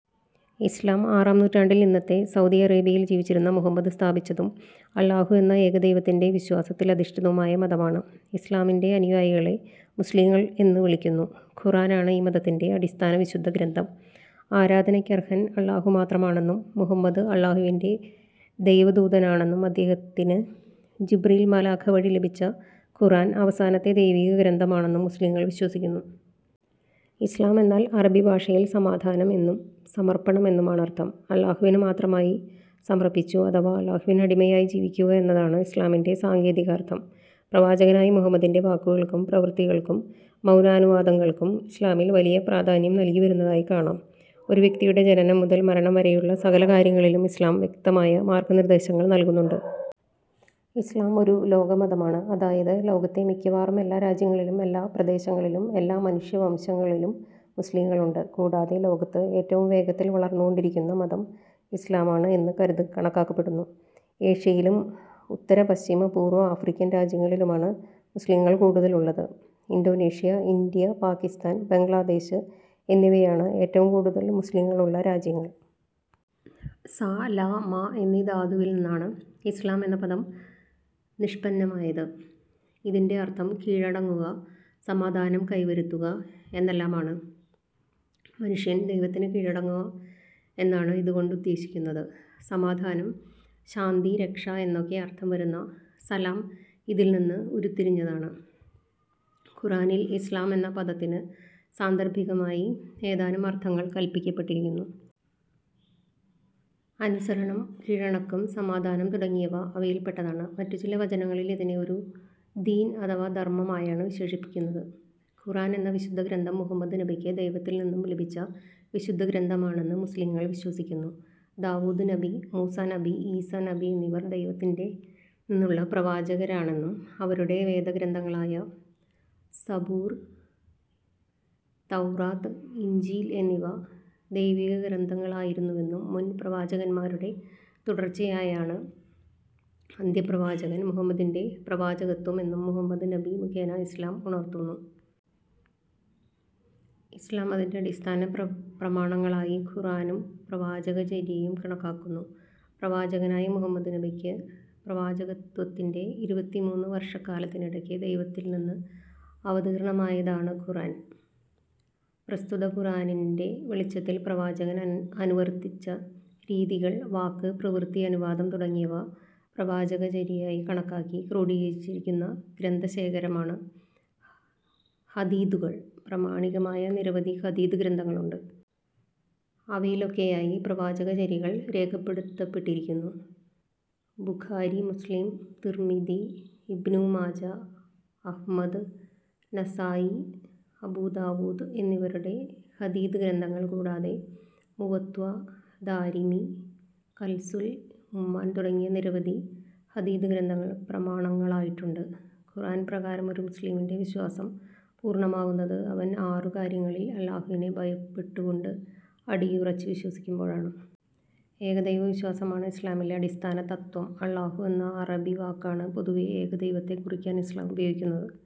ഇസ്ലാം ആറാം നൂറ്റാണ്ടിൽ ഇന്നത്തെ സൗദി അറേബ്യയിൽ ജീവിച്ചിരുന്ന മുഹമ്മദ് സ്ഥാപിച്ചതും, അല്ലാഹു എന്ന ഏകദൈവത്തിൻ്റെ വിശ്വാസത്തിലധിഷ്ഠിതവുമായ മതമാണ്. ഇസ്ലാമിൻ്റെ അനുയായികളെ മുസ്ലിങ്ങൾ എന്ന് വിളിക്കുന്നു. ഖുർആൻ ആണ് ഈ മതത്തിൻ്റെ അടിസ്ഥാന വിശുദ്ധഗ്രന്ഥം. ആരാധനക്കർഹൻ അല്ലാഹു മാത്രമാണെന്നും മുഹമ്മദ് അല്ലാഹുവിൻ്റെ ദൈവദൂതനാണെന്നും അദ്ദേഹത്തിന് ജിബ്രീൽ മാലാഖ വഴി ലഭിച്ച ഖുർആൻ അവസാനത്തെ ദൈവിക ഗ്രന്ഥമാണെന്നും മുസ്ലിങ്ങൾ വിശ്വസിക്കുന്നു. ഇസ്ലാം എന്നാൽ അറബി ഭാഷയിൽ സമാധാനം എന്നും സമർപ്പണം എന്നുമാണർത്ഥം. അല്ലാഹുവിന് മാത്രമായി സമർപ്പിച്ചു, അഥവാ അല്ലാഹുവിന് അടിമയായി ജീവിക്കുക എന്നതാണ് ഇസ്ലാമിൻ്റെ സാങ്കേതികാർത്ഥം. പ്രവാചകനായ മുഹമ്മദിൻ്റെ വാക്കുകൾക്കും പ്രവർത്തികൾക്കും മൗനാനുവാദങ്ങൾക്കും ഇസ്ലാമിൽ വലിയ പ്രാധാന്യം നൽകി വരുന്നതായി കാണാം. ഒരു വ്യക്തിയുടെ ജനനം മുതൽ മരണം വരെയുള്ള സകല കാര്യങ്ങളിലും ഇസ്ലാം വ്യക്തമായ മാർഗനിർദ്ദേശങ്ങൾ നൽകുന്നുണ്ട്. ഇസ്ലാം ഒരു ലോകമതമാണ്. അതായത് ലോകത്തെ മിക്കവാറും എല്ലാ രാജ്യങ്ങളിലും എല്ലാ പ്രദേശങ്ങളിലും എല്ലാ മനുഷ്യവംശങ്ങളിലും മുസ്ലിങ്ങൾ ഉണ്ട്. കൂടാതെ ലോകത്ത് ഏറ്റവും വേഗത്തിൽ വളർന്നുകൊണ്ടിരിക്കുന്ന മതം ഇസ്ലാമാണ് എന്ന് കണക്കാക്കപ്പെടുന്നു. ഏഷ്യയിലും ഉത്തര പശ്ചിമ പൂർവ്വ ആഫ്രിക്കൻ രാജ്യങ്ങളിലുമാണ് മുസ്ലിങ്ങൾ കൂടുതൽ ഉള്ളത്. ഇന്തോനേഷ്യ, ഇന്ത്യ, പാകിസ്താൻ, ബംഗ്ലാദേശ് എന്നിവയാണ് ഏറ്റവും കൂടുതൽ മുസ്ലിങ്ങൾ ഉള്ള രാജ്യങ്ങൾ.സ ല മ എന്ന ധാതുവിൽ നിന്നാണ് ഇസ്ലാം എന്ന പദം നിഷ്പന്നമായത്. ഇതിൻ്റെ അർത്ഥം കീഴടങ്ങുക, സമാധാനം കൈവരുത്തുക എന്നെല്ലാമാണ്. മനുഷ്യൻ ദൈവത്തിന് കീഴടങ്ങുക എന്നാണ് ഇത് കൊണ്ടുദ്ദേശിക്കുന്നത്. സമാധാനം, ശാന്തി, രക്ഷ എന്നൊക്കെ അർത്ഥം വരുന്ന സലാം ഇതിൽ നിന്ന് ഉരുത്തിരിഞ്ഞതാണ്. ഖുർആനിൽ ഇസ്ലാം എന്ന പദത്തിന് സാന്ദർഭികമായി ഏതാനും അർത്ഥങ്ങൾ കൽപ്പിക്കപ്പെട്ടിരിക്കുന്നു. അനുസരണം, കീഴ്വണക്കം, സമാധാനം തുടങ്ങിയവ അവയിൽപ്പെട്ടതാണ്. മറ്റു ചില വചനങ്ങളിൽ ഇതിനെ ഒരു ദീൻ അഥവാ ധർമ്മം ആയാണ് വിശേഷിപ്പിക്കുന്നത്. ഖുർആൻ എന്ന വിശുദ്ധഗ്രന്ഥം മുഹമ്മദ് നബിക്ക് ദൈവത്തിൽ നിന്നും ലഭിച്ച വിശുദ്ധഗ്രന്ഥമാണെന്ന് മുസ്ലിങ്ങൾ വിശ്വസിക്കുന്നു. ദാവൂദ് നബി, മൂസ നബി, ഈസ നബി എന്നിവർ ദൈവത്തിൽ നിന്നുള്ള പ്രവാചകരാണെന്നും അവരുടെ വേദഗ്രന്ഥങ്ങളായ സബൂർ, തൗറാത്ത്, ഇഞ്ചീൽ എന്നിവ ദൈവികഗ്രന്ഥങ്ങളായിരുന്നുവെന്നും മുൻ പ്രവാചകന്മാരുടെ തുടർച്ചയായാണ് അന്ത്യപ്രവാചകൻ മുഹമ്മദിൻ്റെ പ്രവാചകത്വം എന്നും മുഹമ്മദ് നബി മുഖേന ഇസ്ലാം ഉണർത്തുന്നു. ഇസ്ലാം അതിൻ്റെ അടിസ്ഥാന പ്രമാണങ്ങളായി ഖുർആനും പ്രവാചകചര്യയും കണക്കാക്കുന്നു. പ്രവാചകനായ മുഹമ്മദ് നബിക്ക് പ്രവാചകത്വത്തിൻ്റെ ഇരുപത്തിമൂന്ന് വർഷക്കാലത്തിനിടയ്ക്ക് ദൈവത്തിൽ നിന്ന് അവതീർണ്ണമായതാണ് ഖുർആൻ. പ്രസ്തുത ഖുർആനിൻ്റെ വെളിച്ചത്തിൽ പ്രവാചകൻ അനുവർത്തിച്ച രീതികൾ, വാക്ക്, പ്രവൃത്തി, അനുവാദം തുടങ്ങിയവ പ്രവാചകചര്യയായി കണക്കാക്കി ക്രോഡീകരിച്ചിരിക്കുന്ന ഗ്രന്ഥശേഖരമാണ് ഹദീഥുകൾ. പ്രാമാണികമായ നിരവധി ഹദീഥ് ഗ്രന്ഥങ്ങളുണ്ട്. അവയിലൊക്കെയായി പ്രവാചകചര്യകൾ രേഖപ്പെടുത്തപ്പെട്ടിരിക്കുന്നു. Bukhari, Muslim, Tirmidhi, Ibn Majah, Ahmad, Nasai, Abu Dawud എന്നിവരുടെ ഹദീഥ് ഗ്രന്ഥങ്ങൾ കൂടാതെ മുവത്വ, ദാരിമി, കൻസുൽ ഉമ്മാൽ തുടങ്ങി നിരവധി ഹദീഥ് ഗ്രന്ഥങ്ങൾ പ്രമാണങ്ങളായിട്ടുണ്ട്. ഖുർആൻ പ്രകാരം ഒരു മുസ്ലിമിൻ്റെ വിശ്വാസം പൂർണ്ണമാകുന്നത് അവൻ ആറു കാര്യങ്ങളിൽ അല്ലാഹുവിനെ ഭയപ്പെട്ടുകൊണ്ട് അടിയുറച്ച് വിശ്വസിക്കുമ്പോഴാണ്. ഏകദൈവ വിശ്വാസമാണ് ഇസ്ലാമിലെ അടിസ്ഥാന തത്ത്വം. അല്ലാഹു എന്ന അറബി വാക്കാണ് പൊതുവെ ഏകദൈവത്തെ കുറിക്കാൻ ഇസ്ലാം ഉപയോഗിക്കുന്നത്.